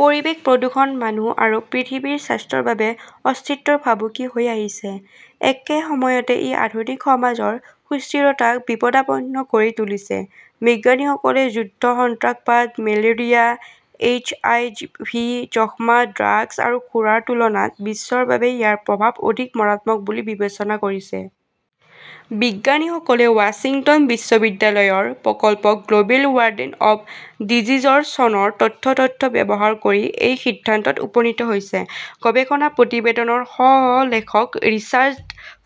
পৰিৱেশ প্ৰদূষণ মানুহ আৰু পৃথিৱীৰ স্বাস্থ্যৰ বাবে অস্তিত্বৰ ভাবুকি হৈ আহিছে। একে সময়তে ই আধুনিক সমাজৰ সুস্থিৰতাক বিপদাপন্ন কৰি তুলিছে। বিজ্ঞানীসকলে যুদ্ধ, সন্ত্ৰাসবাদ, মেলেৰিয়া, এইচ. আই. ভি., যক্ষ্মা, ড্ৰাগছ আৰু সুৰাৰ তুলনাত বিশ্বৰ বাবে ইয়াৰ প্ৰভাৱ অধিক মাৰাত্মক বুলি বিবেচনা কৰিছে। বিজ্ঞানীসকলে ৱাশ্বিংটন বিশ্ববিদ্যালয়ৰ প্ৰকল্প "global burden of disease "ৰ চনৰ তথ্য-তথ্য ব্যৱহাৰ কৰি এই সিদ্ধান্তত উপনীত হৈছে। গৱেষণা প্ৰতিবেদনৰ সহ-লেখক ৰিচাৰ্ড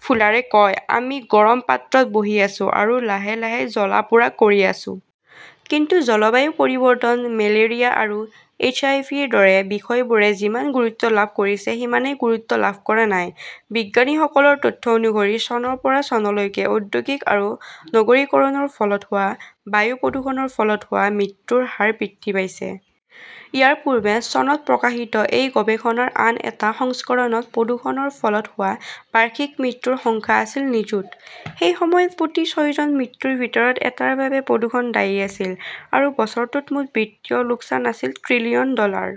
ফুলাৰে কয়, "আমি গৰম পাত্ৰত বহি আছো আৰু লাহে লাহে জ্বলা-পোৰা কৰি আছো। " কিন্তু জলবায়ু পৰিৱৰ্তন, মেলেৰিয়া আৰু এইচ. আই. ভি. -ৰ দৰে বিষয়বোৰে যিমান গুৰুত্ব লাভ কৰিছে সিমানেই গুৰুত্ব লাভ কৰা নাই। "বিজ্ঞানীসকলৰ তথ্য অনুসৰি, চনৰ পৰা চনলৈকে ঔদ্যোগিক আৰু নগৰীকৰণৰ ফলত হোৱা বায়ু প্ৰদূষণৰ ফলত হোৱা মৃত্যুৰ হাৰ বৃদ্ধি পাইছে। ইয়াৰ পূৰ্বে চনত প্ৰকাশিত এই গৱেষণাৰ আন এটা সংস্কৰণত প্ৰদূষণৰ ফলত হোৱা বাৰ্ষিক মৃত্যুৰ সংখ্যা আছিল নিযুত। সেই সময়ত প্ৰতি ছয়জন মৃত্যুৰ ভিতৰত এটাৰ বাবে প্ৰদূষণ দায়ী আছিল। আৰু বছৰটোত মুঠ বিত্তীয় লোকচান আছিল ট্ৰিলিয়ন ডলাৰ।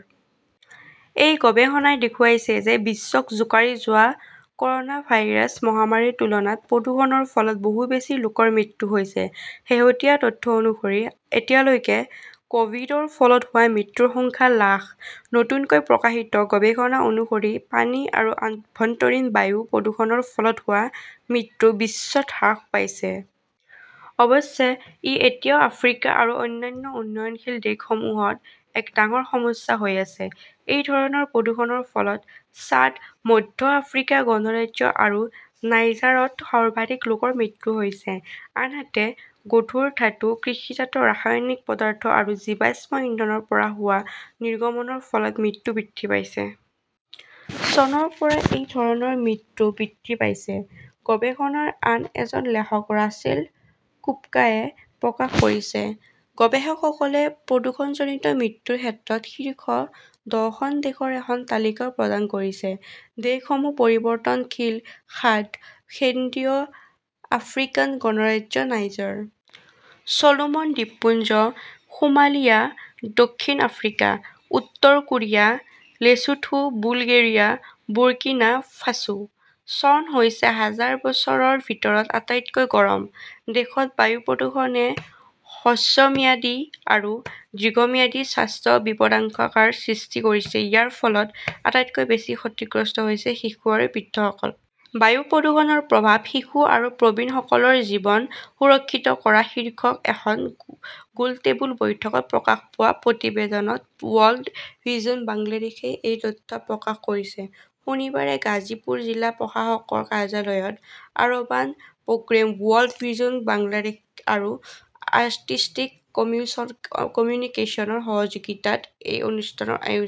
এই গৱেষণাই দেখুৱাইছে যে বিশ্বক জোকাৰি যোৱা কৰ 'না ভাইৰাছ মহামাৰীৰ তুলনাত প্ৰদূষণৰ ফলত বহু বেছি লোকৰ মৃত্যু হৈছে। শেহতীয়া তথ্য অনুসৰি, এতিয়ালৈকে ক "ভিডৰ ফলত হোৱা মৃত্যুৰ সংখ্যা লাখ। নতুনকৈ প্ৰকাশিত গৱেষণা অনুসৰি পানী আৰু আভ্যন্তৰীণ বায়ু প্ৰদূষণৰ ফলত হোৱা মৃত্যু বিশ্বত হ্ৰাস পাইছে। অৱশ্যে, ই এতিয়াও আফ্ৰিকা আৰু অন্যান্য উন্নয়নশীল দেশসমূহত এক ডাঙৰ সমস্যা হৈ আছে। এই ধৰণৰ প্ৰদূষণৰ ফলত ছাদ, মধ্য আফ্ৰিকা গণৰাজ্য আৰু নাইজাৰত সৰ্বাধিক লোকৰ মৃত্যু হৈছে। আনহাতে, গধুৰ ধাতু, কৃষিজাত ৰাসায়নিক পদাৰ্থ আৰু জীৱাশ্ম ইন্ধনৰ পৰা হোৱা নিৰ্গমনৰ ফলত মৃত্যু বৃদ্ধি পাইছে। চনৰ পৰা এই ধৰণৰ মৃত্যু বৃদ্ধি পাইছে, গৱেষণাৰ আন এজন লেখক ৰাচেল কুপকাএ প্ৰকাশ কৰিছে। গৱেষকসকলে প্ৰদূষণজনিত মৃত্যুৰ ক্ষেত্ৰত শীৰ্ষ দহখন দেশৰ এখন তালিকাও প্ৰদান কৰিছে। দেশসমূহ পৰিৱৰ্তনশীলঃ. শাদ,. কেন্দ্ৰীয় আফ্ৰিকান গণৰাজ্য,. নাইজাৰ,. চলোমন দ্বীপপুঞ্জ,. সোমালিয়া,. দক্ষিণ আফ্ৰিকা।. উত্তৰ Korea,. Lesotho,. Bulgaria,. Burkina Faso. চন হৈছে হাজাৰ বছৰৰ ভিতৰত আটাইতকৈ গৰম। দেশত বায়ু প্ৰদূষণে হ্ৰস্বম্যাদী আৰু দীৰ্ঘম্যাদী স্বাস্থ্য বিপদাশংকাৰ সৃষ্টি কৰিছে। ইয়াৰ ফলত আটাইতকৈ বেছি ক্ষতিগ্ৰস্ত হৈছে শিশু আৰু বৃদ্ধসকল। "বায়ু প্ৰদূষণৰ প্ৰভাৱঃ শিশু আৰু প্ৰবীণসকলৰ জীৱন সুৰক্ষিত কৰা" শীৰ্ষক এখন গোলটেবুল বৈঠকত প্ৰকাশ পোৱা প্ৰতিবেদনত ৱৰ্ল্ড ভিজন বাংলাদেশই এই তথ্য প্ৰকাশ কৰিছে। শনিবাৰে গাজীপুৰ জিলা প্ৰশাসকৰ কাৰ্যালয়ত urban programme, world vision Bangladesh আৰু আৰ্টিষ্টিক কমিউনিকেচনৰ সহযোগিতাত এই অনুষ্ঠানৰ আয়োজন